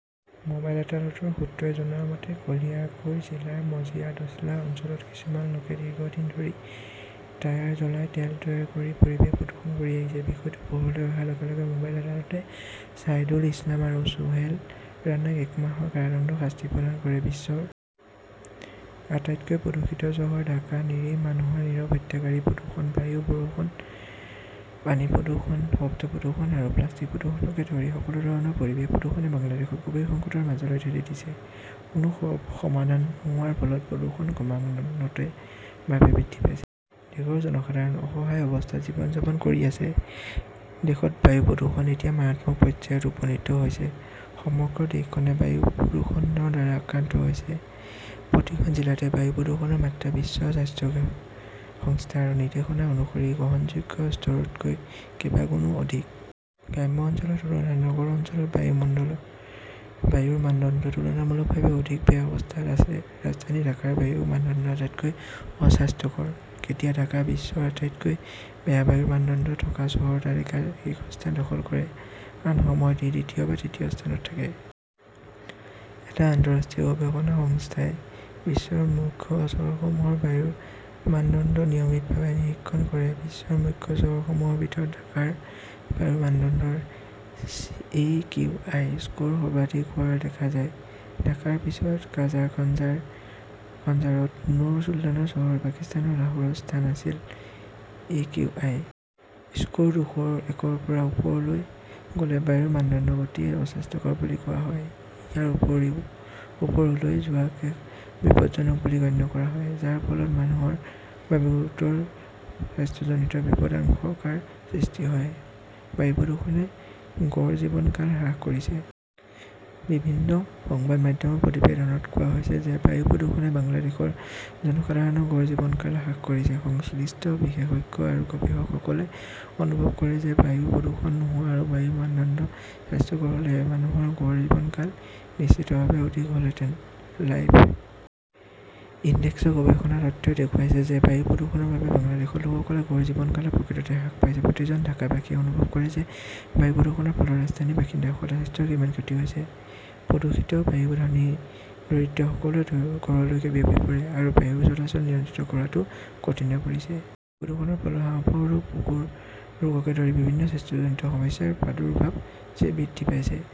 Mobile আদালতৰ সূত্ৰই জনোৱা মতে, কালিয়াকৈৰ জিলাৰ মজিদচলা অঞ্চলত কিছুমান লোকে দীৰ্ঘদিন ধৰি টায়াৰ জ্বলাই তেল তৈয়াৰ কৰি পৰিৱেশ প্ৰদূষণ কৰি আহিছে। বিষয়টো পোহৰলৈ অহাৰ লগে লগে মোবাইল আদালতে ছাইদুল ইছলাম আৰু চোহেল ৰাণাক এক মাহৰ কাৰাদণ্ডৰ শাস্তি প্ৰদান কৰে। বিশ্বৰ আটাইতকৈ প্ৰদূষিত চহৰ ঢাকা, নিৰীহ মানুহৰ নীৰৱ হত্যাকাৰী প্ৰদূষণ। বায়ু প্ৰদূষণ, পানী প্ৰদূষণ, শব্দ প্ৰদূষণ আৰু প্লাষ্টিক প্ৰদূষণকে ধৰি সকলো ধৰণৰ পৰিৱেশ প্ৰদূষণে বাংলাদেশক গভীৰ সংকটৰ মাজলৈ ঠেলি দিছে। কোনো সমাধান নোহোৱাৰ ফলত প্ৰদূষণ ক্ৰমাগতভাৱে বৃদ্ধি পাইছে। দেশৰ জনসাধাৰণ অসহায় অৱস্থাত জীৱন যাপন কৰি আছে। দেশত বায়ু প্ৰদূষণ এতিয়া মাৰাত্মক পৰ্যায়ত উপনীত হৈছে। সমগ্ৰ দেশখনেই বায়ু প্ৰদূষণৰ দ্বাৰা আক্ৰান্ত হৈছে। প্ৰতিখন জিলাতে বায়ু প্ৰদূষণৰ মাত্ৰা বিশ্ব স্বাস্থ্য সংস্থাৰ নিৰ্দেশনা অনুসৰি গ্ৰহণযোগ্য স্তৰতকৈ কেইবাগুণো অধিক। গ্ৰাম্য অঞ্চলৰ তুলনাত নগৰ অঞ্চলত বায়ুৰ মানদণ্ড তুলনামূলকভাৱে অধিক বেয়া অৱস্থাত আছে। ৰাজধানী ঢাকাৰ বায়ুৰ মানদণ্ড আটাইতকৈ অস্বাস্থ্যকৰ। কেতিয়াবা ঢাকা বিশ্বৰ আটাইতকৈ বেয়া বায়ুৰ মানদণ্ড থকা চহৰৰ তালিকাত শীৰ্ষস্থান দখল কৰে। আন সময়ত ই দ্বিতীয় বা তৃতীয় স্থানত থাকে। এটা আন্তঃৰাষ্ট্ৰীয় গৱেষণা সংস্থাই বিশ্বৰ মুখ্য চহৰসমূহৰ বায়ুৰ মানদণ্ড নিয়মিতভাৱে নিৰীক্ষণ কৰে। বিশ্বৰ মুখ্য চহৰসমূহৰ ভিতৰত ঢাকাৰ বায়ুৰ মানদণ্ডৰ একিউআই স্কোৰ সৰ্বাধিক হোৱা দেখা যায়। ঢাকাৰ পিছত কাজাখস্তানৰ নুৰ চুলতান চহৰ আৰু পাকিস্তানৰ লাহোৰৰ স্থান আছিল। একিউআই স্কোৰ দুশ একৰ পৰা ওপৰলৈ গ'লে বায়ুৰ মানদণ্ডক অতি অস্বাস্থ্যকৰ বুলি কোৱা হয়। ইয়াৰ ওপৰলৈ যোৱাক বিপদজনক বুলিও গণ্য কৰা হয়, যাৰ ফলত মানুহৰ বাবে গুৰুতৰ স্বাস্থ্যজনিত বিপদাশংকাৰ সৃষ্টি হয়। বায়ু প্ৰদূষণে গড় জীৱনকাল হ্ৰাস কৰিছে। বিভিন্ন সংবাদ মাধ্যমৰ প্ৰতিবেদনত কোৱা হৈছে যে বায়ু প্ৰদূষণে বাংলাদেশৰ জনসাধাৰণৰ গড় জীৱনকাল হ্ৰাস কৰিছে। সংশ্লিষ্ট বিশেষজ্ঞ আৰু গৱেষকসকলে অনুভৱ কৰে যে বায়ু প্ৰদূষণ নোহোৱা আৰু বায়ুৰ মানদণ্ড স্বাস্থ্যকৰ হ'লে মানুহৰ গড় জীৱনকাল নিশ্চিতভাৱে অধিক হ'লহেঁতেন। লাইফ ইনডেক্সৰ গৱেষণা তথ্যই দেখুৱাইছে যে বায়ু প্ৰদূষণৰ বাবে বাংলাদেশৰ লোকসকলৰ গড় জীৱনকাল প্ৰকৃততে হ্ৰাস পাইছে। প্ৰতিজন ঢাকাবাসীয়ে অনুভৱ কৰে যে বায়ু প্ৰদূষণৰ ফলত ৰাজধানীৰ বাসিন্দাসকলৰ স্বাস্থ্যৰ কিমান ক্ষতি হৈছে। প্ৰদূষিত বায়ু ধনী দৰিদ্ৰ সকলোৰে ঘৰলৈকে বিয়পি পৰে আৰু বায়ুৰ চলাচল নিয়ন্ত্ৰণ কৰাটো কঠিন হৈ পৰিছে। বায়ু প্ৰদূষণৰ ফলত হাঁওফাঁওৰ ৰোগ, বুকুৰ ৰোগকে ধৰি বিভিন্ন স্বাস্থ্যজনিত সমস্যাৰ প্ৰাদুৰ্ভাৱ বৃদ্ধি পাইছে।